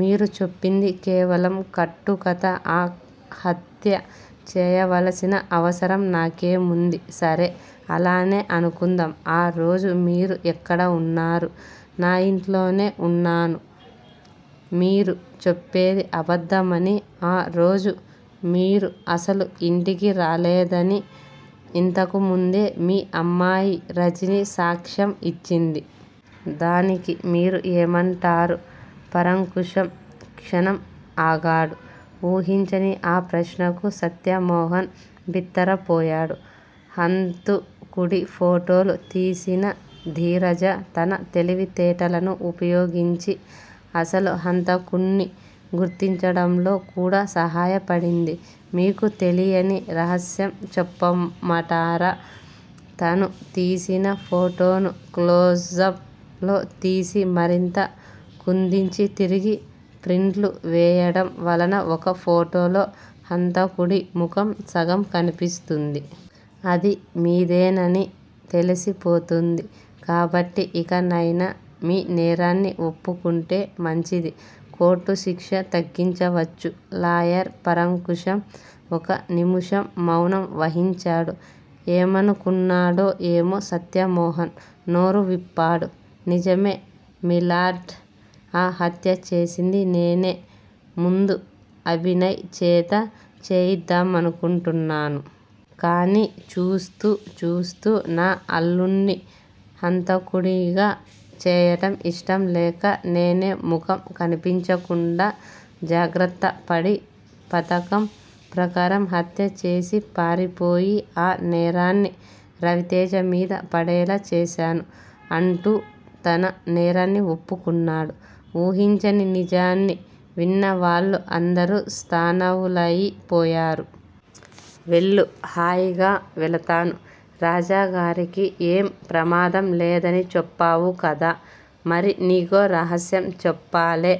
మీరు చెప్పింది కేవలం కట్టుకథ ఆ హత్య చేయవలసిన అవసరం నాకేముంది? సరే, అలానే అనుకుందాం ఆ రోజు మీరు ఎక్కడ ఉన్నారు? నా ఇంట్లోనే వున్నాను మీరు చెప్పేది అబద్దమని, ఆ రోజు మీరు అసలు ఇంటికి రాలేదని ఇంతకుముందే మీ అమ్మాయి రజని సాక్ష్యం ఇచ్చింది. దానికి మీరు ఏమంటారు? పరాంకుశం క్షణం ఆగాడు. ఊహించని ఆ ప్రశ్నకు సత్యమోహన్ బిత్తరపోయాడు. హంతుకుడి ఫోటోలు తీసిన ధీరజ తన తెలివితేటలను ఉపయోగించి అసలు హంతకుడ్ని గుర్తించడంలో కూడా సహయాపడింది. మీకు తెలియని రహస్యం చెప్పమటారా. తను తీసిన ఫోటోలను క్లోజప్ లు తీసి మరింతగా కుదించి తిరిగి ప్రింట్లు వేయడం వలన ఒక ఫోటోలో హంతకుడి ముఖం సగం కనిపిస్తుంది. అది మీదేనని తెలిసి పోతుంది కాబట్టి ఇకనయినా మీ నేరాన్ని ఒప్పుకుంటే మంచిది కోర్టు శిక్ష తగ్గించవచ్చు లాయర్ పరాంకుశం ఒక నిముషం మౌనం వహించాడు. ఏమనుకున్నాడో ఏమో సత్యమోహన్ నోరు విప్పాడు. నిజమే మిలార్డ్ ఆ హత్య చేసింది నేనే ముందు అభినయ్ చేత చేయిద్దామనుకున్నాను. కానీ చూస్తూ చూస్తూ నా అల్లుడ్ని హంతకునిగా చేయడం ఇష్టం లేక నేనే ముఖం కనిపించకుండా జాగ్రత్తపడి పధకం ప్రకారం హత్య చేసి పారిపోయి ఆ నేరాన్ని రవితేజ మీద పడేలా చేశాను అంటూ తన నేరాన్ని ఒప్పుకున్నాడు. ఊహించని నిజాన్ని విన్న వాళ్ళు అందరూ స్థాణువులయి పోయారు. వెళ్ళు. హాయిగా వేళతాను. రాజాగారికి ఏం ప్రమాదం లేదని చెప్పావుకదా! మరీ నీకో రహస్యం చెప్పాలే.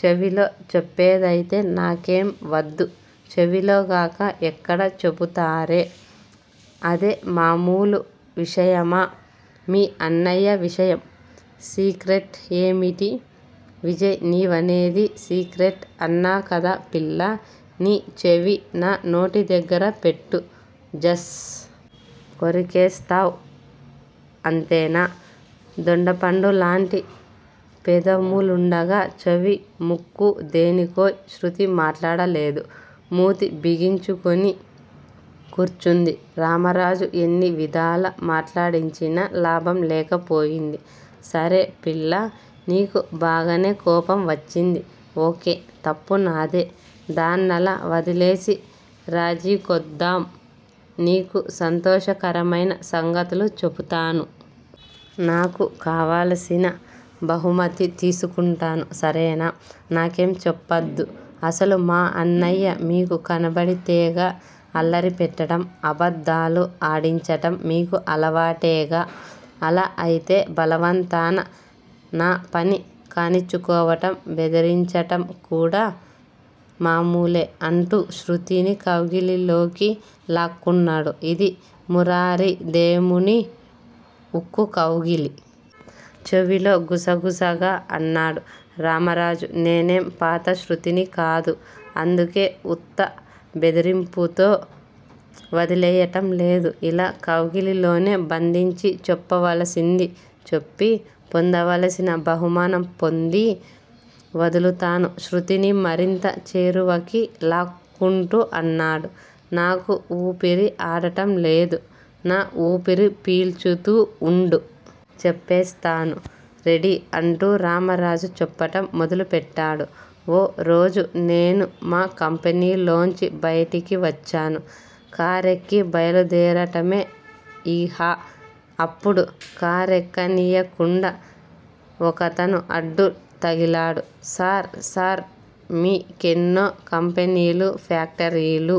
చెవిలో చెప్పేదయితే నాకేం వద్దు. చెవిలోగాక ఎక్కడ చెపుతారే? అదే మామూలు విషయమా, మీ అన్నయ్య విషయం సీక్రెట్ ఏమిటీ విజయ్ నీవనేది? సీక్రెట్ అన్నాకదా పిల్లా! నీ చెవి నా నోటిదగ్గర పెట్టు, జస్. కొరికేస్తావ్ అంతేనా? దొండపండులాంటి పెదిమలుండగా చెవి, ముక్కు దేనికోయ్ శృతి మాట్లాడలేదు. మూతి బిగించుకుని కూర్చుంది. రామరాజు ఎన్నివిధాల మాట్లాడించినా లాభం లేక పోయింది. సరే పిల్లా! నీకు బాగానే కోపం వచ్చింది. ఓకే. తప్పు నాదే. దాన్నలా వదిలేసి రాజీకొద్దాం. నీకు సంతోషకరమైన సంగతులు చెపుతాను. నాకు కావాల్సిన బహుమతి తీసుకుంటాను సరేనా! నాకేం చెప్పద్దు, అసలు మా అన్నయ్య మీకు కనపడితేగా, అల్లరి పెట్టడం, అబద్దాలు ఆడించటం మీకు అలవాటేగా! అలా అయితే బలవంతాన నా పని కానిచ్చుకోటం, బెదిరించటంకూడా మామూలే. అంటూ శృతిని కౌగిలిలోకి లాక్కున్నాడు. ఇది మురారిదేముడి ఉక్కుకౌగిలి. చెవిలో గుసగుసగా అన్నాడు రామరాజు. నేనేం పాత శృతిని కాదు. అందుకే ఉత్త బెదిరింపుతో వదిలెయ్యటంలేదు. ఇలా కౌగిలిలోనే బంధించి చెప్పవలసింది చెప్పి పొందవలసిన బహుమానం పోంది వదులుతాను శృతిని మరింత చేరువకి లాక్కుంటూ అన్నాడు. నాకు వూపిరి ఆడటం లేదు. నా వూపిరి పీల్చుతూ వుండు. చెప్పేస్తాను. రెడీ. అంటూ రామరాజు చెప్పటం మొదలుపెట్టాడు. ఓ రోజు నేను మా కంపెనీలోంచి బైటికి వచ్చాను. కారెక్కి బైలుదేరటమే యిహ, అప్పుడు కారెక్కనీయ కుండా ఒకతను అడ్డు తగిలాడు. సార్, సార్ మీ కెన్నో కంపెనీలు, ఫ్యాక్టరీలు